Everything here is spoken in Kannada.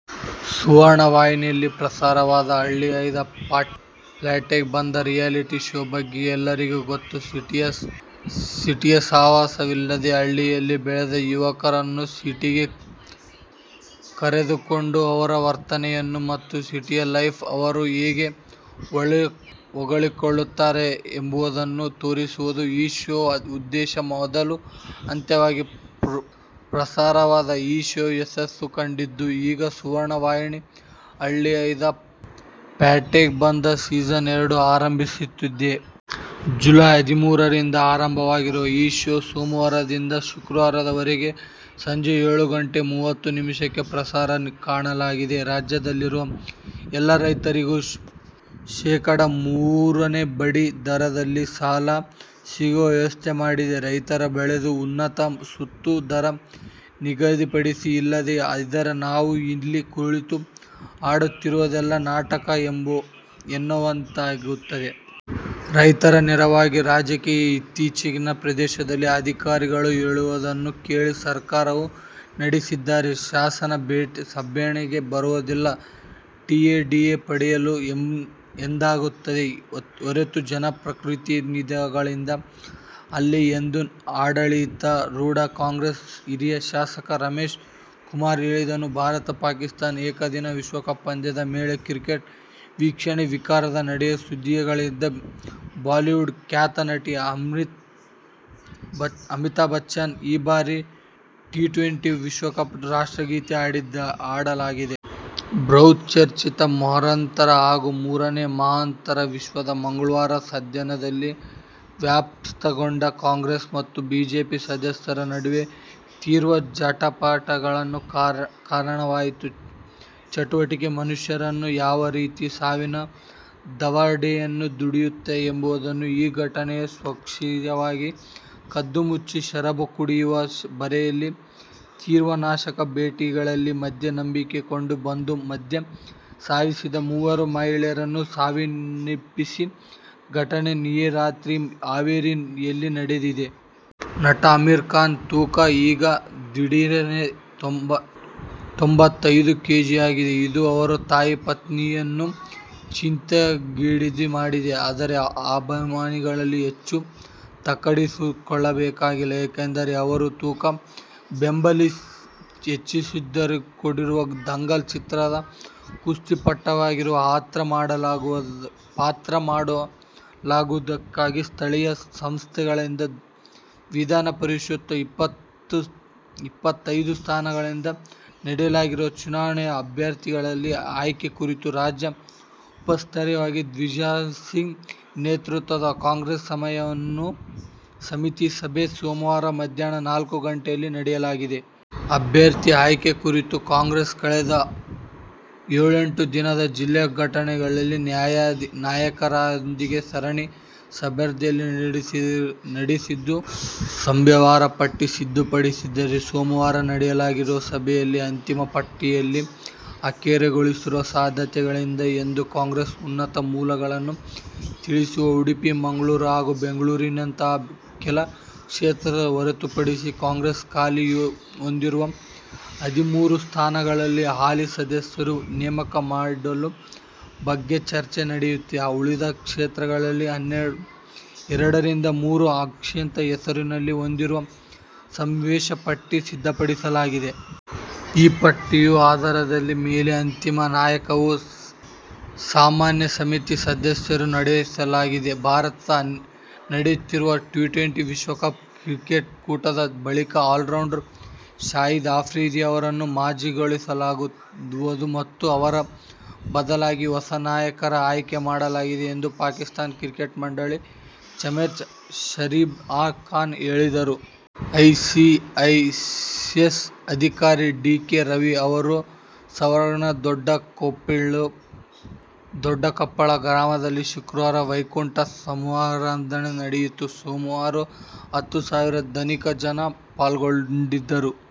ಸುವರ್ಣ ವಾಹಿನಿಯಲ್ಲಿ ಪ್ರಸಾರವಾದ "ಹಳ್ಳಿಹೈದ ಪ್ಯಾಟೆಗ್ ಬಂದ' ರಿಯಾಲಿಟಿ ಶೋ ಬಗ್ಗೆ ಎಲ್ಲರಿಗೂ ಗೊತ್ತು. ಸಿಟಿಯ ಸಹವಾಸವಿಲ್ಲದೇ ಹಳ್ಳಿಯಲ್ಲೇ ಬೆಳೆದ ಯುವಕರನ್ನು ಸಿಟಿಗೆ ಕರೆತಂದು, ಅವರ ವರ್ತನೆಯನ್ನು ಮತ್ತು ಸಿಟಿ ಲೈಫ್ಗೆ ಅವರು ಹೇಗೆ ಒಗ್ಗಿಕೊಳ್ಳುತ್ತಾರೆಂಬುದನ್ನು ತೋರಿಸೋದು ಈ ಶೋನ ಉದ್ದೇಶ. ಮೊದಲ ಹಂತವಾಗಿ ಪ್ರಸಾರವಾದ ಈ ಶೋ ಯಶಸ್ಸು ಕಂಡಿದ್ದು, ಈಗ ಸುವರ್ಣ ವಾಹಿನಿ "ಹಳ್ಳಿ ಹೈದ ಪ್ಯಾಟೆಗ್ ಬಂದ ಸೀಸನ್ -ಎರಡು ಆರಂಭಿಸುತ್ತಿದೆ. ಜುಲೈ ಹದಿಮೂರ ರಿಂದ ಆರಂಭವಾಗುವ ಈ ಶೋ ಸೋಮವಾರದಿಂದ ಶುಕ್ರವಾರದವರೆಗೆ ಸಂಜೆ ಏಳು ಗಂಟೆ ಮೂವತ್ತು ನಿಮಿಷಕ್ಕೆ ಪ್ರಸಾರ ಕಾಣಲಿದೆ. ರಾಜ್ಯದಲ್ಲಿರುವ ಎಲ್ಲಾ ರೈತರಿಗೂ ಶೇಖಡ ಮೂರರ ಬಡ್ಡಿ ದರದಲ್ಲಿ ಸಾಲ ಸಿಗುವ ವ್ಯವಸ್ಥೆ ಮಾಡಿ. ರೈತರು ಬೆಳೆದ ಉತ್ಪನ್ನಗಳಿಗೆ ಸೂಕ್ತ ದರ ನಿಗದಿಪಡಿಸಿ. ಇಲ್ಲದೇ ಇದ್ದರೆ ನಾವು ಇಲ್ಲಿ ಕುಳಿತು ಆಡುತ್ತಿರುವುದೆಲ್ಲಾ ನಾಟಕ ಎನ್ನುವಂತಾಗುತ್ತದೆ. ರೈತರ ನೆರವಿಗೆ ರಾಜಕೀಯ ಇಚ್ಛಾಶಕ್ತಿ ಪ್ರದರ್ಶಿಸದೆ ಅಧಿಕಾರಿಗಳು ಹೇಳಿದ್ದನ್ನು ಕೇಳಿ ಸರ್ಕಾರ ನಡೆಸಿದರೆ ಶಾಸನ ಸಭೆಗೆ ಬರುವುದು ಟಿಎ, ಡಿಎ ಪಡೆಯಲು ಎಂದಾಗುತ್ತದೆಯೇ ಹೊರತು ಜನಪ್ರತಿನಿಧಿಗಳಾಗಿ ಅಲ್ಲ ಎಂದು ಆಡಳಿತಾರೂಢ ಕಾಂಗ್ರೆಸ್ ಹಿರಿಯ ಶಾಸಕ ರಮೇಶ್ ಕುಮಾರ್ ಹೇಳಿದರು. ಭಾರತ-ಪಾಕಿಸ್ತಾನ ಏಕದಿನ ವಿಶ್ವಕಪ್ ಪಂದ್ಯದ ವೇಳೆ ಕ್ರಿಕೆಟ್ ವೀಕ್ಷಕ ವಿವರಣೆ ನಡೆಸಿ ಸುದ್ದಿಯಾಗಿದ್ದ ಬಾಲಿವುಡ್ನ ಖ್ಯಾತ ನಟ ಅಮಿತಾಭ್ ಬಚ್ಚನ್ ಈ ಬಾರಿ ಟಿ-ಟ್ವೆಂಟಿ ವಿಶ್ವಕಪ್ನಲ್ಲಿ ರಾಷ್ಟ್ರಗೀತೆ ಹಾಡಲಿದ್ದಾರೆ. ಬಹುಚರ್ಚಿತ ಮತಾಂತರ ಹಾಗೂ ಮರು ಮತಾಂತರ ವಿಚಾರ ಮಂಗಳವಾರ ಸದನದಲ್ಲಿ ಪ್ರಸ್ತಾಪಗೊಂಡು ಕಾಂಗ್ರೆಸ್ ಮತ್ತು ಬಿಜೆಪಿ ಸದಸ್ಯರ ನಡುವೆ ತೀವ್ರ ಜಟಾಪಟಿಗೆ ಕಾರಣವಾಯಿತು. ಚಟಗಳು ಮನುಷ್ಯನನ್ನು ಯಾವ ರೀತಿ ಸಾವಿನ ದವಡೆಗೆ ದೂಡುತ್ತದೆ ಎಂಬುದಕ್ಕೆ ಈ ಘಟನೆ ಸಾಕ್ಷಿಯಾಗಿದ್ದು, ಕದ್ದು ಮುಚ್ಚಿ ಶರಾಬು ಕುಡಿಯುವ ಭರದಲ್ಲಿ ಕ್ರಿಮಿನಾಶಕ ಬಾಟಲಿಯಲ್ಲಿ ಮದ್ಯ ತುಂಬಿಸಿಕೊಂಡು ಬಂದು ಮದ್ಯ ಸೇವಿಸಿದ್ದ ಮೂವರು ಮಹಿಳೆಯರು ಸಾವನ್ನಪ್ಪಿರುವ ಘಟನೆ ನಿನ್ನೆ ರಾತ್ರಿ ಹಾವೇರಿಯಲ್ಲಿ ನಡೆದಿದೆ. ನಟ ಅಮೀರ್ ಖಾನ್ ತೂಕ ಈಗ ದಿಢೀರನೇ ತೊಂಬತ್ತೈದು ಕೇಜಿಗೇರಿದೆ. ಇದು ಅವರ ತಾಯಿ, ಪತ್ನಿಯನ್ನೂ ಚಿಂತೆಗೀಡು ಮಾಡಿದೆ. ಆದರೆ ಅಭಿಮಾನಿಗಳು ಹೆಚ್ಚು ತಲೆಕೆಡಿಸಿಕೊಳ್ಳಬೇಕಿಲ್ಲ. ಏಕೆಂದರೆ ಅವರು ತೂಕ ಹೆಚ್ಚಿಸಿಕೊಂಡಿರುವುದು "ದಂಗಲ್' ಚಿತ್ರದಲ್ಲಿ ಕುಸ್ತಿ ಪಟುವಿನ ಪಾತ್ರ ಮಾಡುತ್ತಿರುವುದಕ್ಕೆ. ಸ್ಥಳೀಯ ಸಂಸ್ಥೆಗಳಿಂದ ವಿಧಾನ ಪರಿಷತ್ನ ಇಪ್ಪತ್ತೈದು ಸ್ಥಾನಗಳಿಗೆ ನಡೆಯಲಿರುವ ಚುನಾವಣೆಗೆ ಅಭ್ಯರ್ಥಿಗಳ ಆಯ್ಕೆ ಕುರಿತು ರಾಜ್ಯ ಉಸ್ತುವಾರಿ ದಿಗ್ವಿಜಯಸಿಂಗ್ ನೇತೃತ್ವದಲ್ಲಿ ಕಾಂಗ್ರೆಸ್ ಸಮನ್ವಯ ಸಮಿತಿ ಸಭೆ ಸೋಮವಾರ ಮಧ್ಯಾಹ್ನ ನಾಲ್ಕು ಗಂಟೆಗೆ ನಡೆಯಲಿದೆ. ಅಭ್ಯರ್ಥಿ ಆಯ್ಕೆ ಕುರಿತು ಕಾಂಗ್ರೆಸ್ ಕಳೆದ ಏಳೆಂಟು ದಿನಗಳಿಂದ ಜಿಲ್ಲಾ ಘಟಕಗಳ ನಾಯಕರೊಂದಿಗೆ ಸರಣಿ ಸಭೆಗಳನ್ನು ನಡೆಸಿದ್ದು, ಸಂಭಾವ್ಯರ ಪಟ್ಟಿ ಸಿದ್ಧಪಡಿಸಿಕೊಂಡಿದೆ. ಸೋಮವಾರ ನಡೆಯಲಿರುವ ಸಭೆಯಲ್ಲಿ ಅಂತಿಮ ಪಟ್ಟಿಯನ್ನು ಅಖೈರುಗೊಳಿಸುವ ಸಾಧ್ಯತೆಯಿದೆ ಎಂದು ಕಾಂಗ್ರೆಸ್ನ ಉನ್ನತ ಮೂಲಗಳು ತಿಳಿಸಿವೆ. ಉಡುಪಿ-ಮಂಗಳೂರು ಹಾಗೂ ಬೆಂಗಳೂರಿನಂತಹ ಕೆಲ ಕ್ಷೇತ್ರ ಹೊರತುಪಡಿಸಿ ಕಾಂಗ್ರೆಸ್ ಹಾಲಿ ಹೊಂದಿರುವ ಹದಿಮೂರು ಸ್ಥಾನಗಳಲ್ಲಿ ಹಾಲಿ ಸದಸ್ಯರನ್ನು ನೇಮಕ ಮಾಡುವ ಬಗ್ಗೆ ಚರ್ಚೆ ನಡೆದಿದ್ದು, ಉಳಿದ ಕ್ಷೇತ್ರಗಳಿಗೆ ಎರಡರಿಂದ ಮೂರು ಆಕಾಂಕ್ಷಿಗಳ ಹೆಸರು ಹೊಂದಿರುವ ಸಂಭಾವ್ಯರ ಪಟ್ಟಿ ಸಿದ್ಧಪಡಿಸಲಾಗಿದೆ. ಈಪಟ್ಟಿಯ ಆಧಾರದ ಮೇಲೆ ಅಂತಿಮ ಅಯ್ಕೆಯನ್ನು ಸಮನ್ವಯ ಸಮಿತಿ ಸದಸ್ಯರು ನಡೆಸಲಿದ್ದಾರೆ. ಭಾರತದಲ್ಲಿ ನಡೆಯುತ್ತಿರುವ ಟ್ವೆಂಟಿ-ಟ್ವೆಂಟಿ ವಿಶ್ವಕಪ್ ಕ್ರಿಕೆಟ್ ಕೂಟದ ಬಳಿಕ ಆಲ್ರೌಂಡರ್ ಶಾಹಿದ್ ಅಫ್ರಿದಿ ಅವರನ್ನು ವಜಾಗೊಳಿಸಲಾಗುವುದು ಮತ್ತು ಅವರ ಬದಲಿಗೆ ಹೊಸ ನಾಯಕನ ಆಯ್ಕೆ ಮಾಡಲಾಗುವುದು ಎಂದು ಪಾಕಿಸ್ಥಾನ ಕ್ರಿಕೆಟ್ ಮಂಡಳಿ ಚೇರ್ಮನ್ ಶಹರಿಯಾರ್ ಖಾನ್ ಹೇಳಿದ್ದಾರೆ. ಐಎಎಸ್ ಅಧಿಕಾರಿ ಡಿ. ಕೆ. ರವಿ ಅವರ ಸ್ವಗ್ರಾಮ ದೊಡ್ಡಕೊಪ್ಪಲು ಗ್ರಾಮದಲ್ಲಿ ಶುಕ್ರವಾರ ವೈಕುಂಠ ಸಮಾರಾಧನೆ ನಡೆಯಿತು. ಸುಮಾರು ಹತ್ತು ಸಾವಿರಕ್ಕೂ ಅಧಿಕ ಜನ ಪಾಲ್ಗೊಂಡಿದ್ದರು.